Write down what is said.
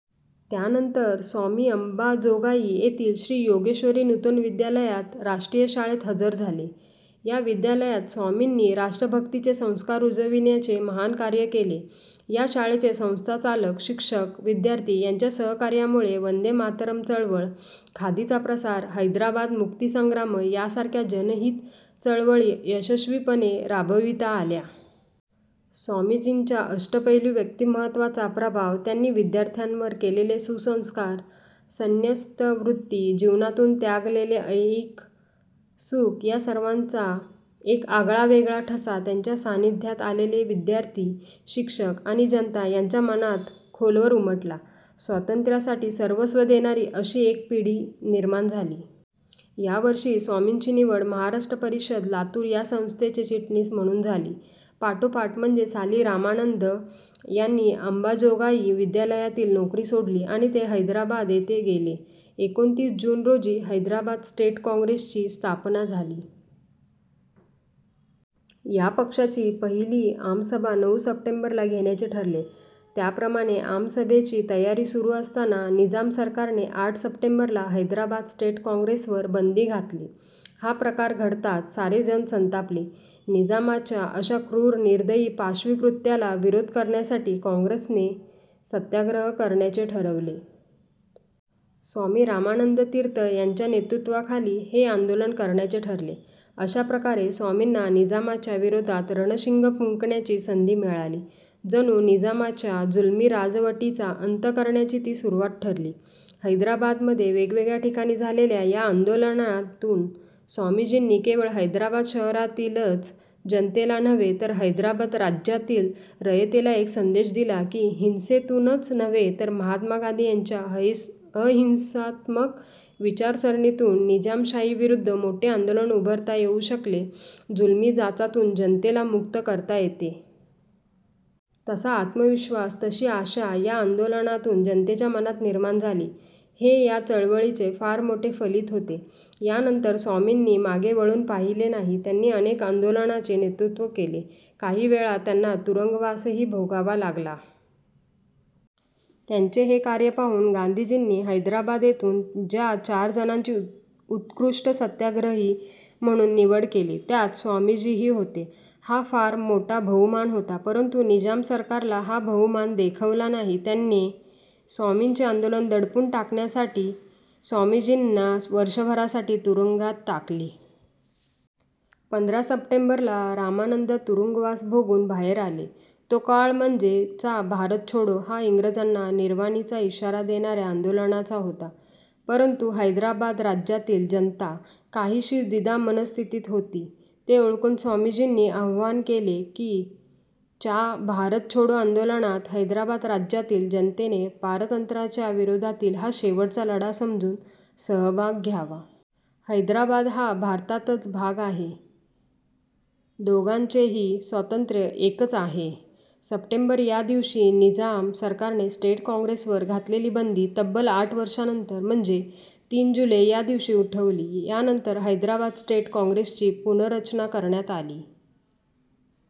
त्यानंतर स्वामी अंबाजोगाई येथील श्री योगेश्वरी नूतन विद्यालयात राष्ट्रीय शाळेत हजर झाले. या विद्यालयात स्वामींनी राष्ट्रभक्तीचे संस्कार रुजविण्याचे महान कार्य केले. या शाळेचे संस्थाचालक, शिक्षक, विद्यार्थी यांच्या सहकार्यामुळे वंदे मातरम् चळवळ, खादीचा प्रसार, हैदराबाद मुक्तीसंग्राम यासारख्या जनहित चळवळी यशस्वीपणे राबविता आल्या. स्वामीजींच्या अष्टपैलू व्यक्तिमत्त्वाचा प्रभाव, त्यांनी विद्यार्थ्यांवर केलेले सुसंस्कार, संन्यस्तवृत्ती, जीवनातून त्यागलेले ऐहिक सुख या सर्वांचा एक आगळावेगळा ठसा त्यांच्या सान्निध्यात आलेले विद्यार्थी, शिक्षक आणि जनता यांच्या मनात खोलवर उमटला. स्वातंत्र्यासाठी सर्वस्व देणारी अशी एक पिढी निर्माण झाली. यावर्षी स्वामींची निवड महाराष्ट्र परिषद, लातूर या संस्थेचे चिटणीस म्हणून झाली. पाठोपाठ म्हणजे साली रामानंद यांनी अंबाजोगाई विद्यालयातील नोकरी सोडली आणि ते हैदराबाद येथे गेले. एकोणतीस जून रोजी हैदराबाद स्टेट काँग्रेसची स्थापना झाली. या पक्षाची पहिली आमसभा नऊ सप्टेंबरला घेण्याचे ठरले. त्याप्रमाणे आमसभेची तयारी सुरू असताना निजाम सरकारने आठ सप्टेंबरला हैदराबाद स्टेट काँग्रेसवर बंदी घातली. हा प्रकार घडताच सारे जण संतापले. निजामाच्या अशा क्रूर, निर्दयी, पाशवी कृत्याला विरोध करण्यासाठी काँग्रेसने सत्याग्रह करण्याचे ठरवले. स्वामी रामानंद तीर्थ यांच्या नेतृत्वाखाली हे आंदोलन करण्याचे ठरले. अशाप्रकारे स्वामींना निजामाच्या विरोधात रणशिंग फुंकण्याची संधी मिळाली. जणू निजामाच्या जुलमी राजवटीचा अंत करण्याची ती सुरुवात ठरली. हैदराबादमध्ये वेगवेगळ्या ठिकाणी झालेल्या या आंदोलनातून स्वामीजींनी केवळ हैदराबाद शहरातीलच जनतेला नव्हे, तर हैदराबाद राज्यातील रयतेला एक संदेश दिला की, हिंसेतूनच नव्हे तर महात्मा गांधी यांच्या अहिंसात्मक विचारसरणीतून निजामशाहीविरुद्ध मोठे आंदोलन उभारता येऊ शकते, जुलमी जाचातून जनतेला मुक्त करता येते. तसा आत्मविश्वास, तशी आशा या आंदोलनातून जनतेच्या मनात निर्माण झाली, हे या चळवळीचे फार मोठे फलित होते. यानंतर स्वामींनी मागे वळून पाहिले नाही. त्यांनी अनेक आंदोलनाचे नेतृत्व केले. काही वेळा त्यांना तुरुंगवासही भोगावा लागला. त्यांचे हे कार्य पाहून गांधीजींनी हैदराबाद येथून ज्या चार जणांची उत्कृष्ट सत्याग्रही म्हणून निवड केली, त्यात स्वामीजीही होते. हा फार मोठा बहुमान होता, परंतु निजाम सरकारला हा बहुमान देखवला नाही. त्याने स्वामींचे आंदोलन दडपून टाकण्यासाठी स्वामीजींना वर्षभरासाठी तुरुंगात टाकले. पंधरा सप्टेंबरला रामानंद तुरुंगवास भोगून बाहेर आले. तो काळ म्हणजे चा भारत छोडो हा इंग्रजांना निर्वाणीचा इशारा देणाऱ्या आंदोलनाचा होता, परंतु हैदराबाद राज्यातील जनता काहीशी द्विधा मनःस्थितीत होती. ते ओळखून स्वामीजींनी आवाहन केले की, च्या भारत छोडो आंदोलनात हैदराबाद राज्यातील जनतेने पारतंत्र्याच्या विरोधातील हा शेवटचा लढा समजून सहभाग घ्यावा. हैदराबाद हा भारताताच भाग आहे. दोघांचेही स्वातंत्र्य एकच आहे. सप्टेंबर या दिवशी निजाम सरकारने स्टेट काँग्रेसवर घातलेली बंदी तब्बल आठ वर्षांनंतर म्हणजे तीन जुलै या दिवशी उठवली. यानंतर हैदराबाद स्टेट काँग्रेसची पुनर्रचना करण्यात आली.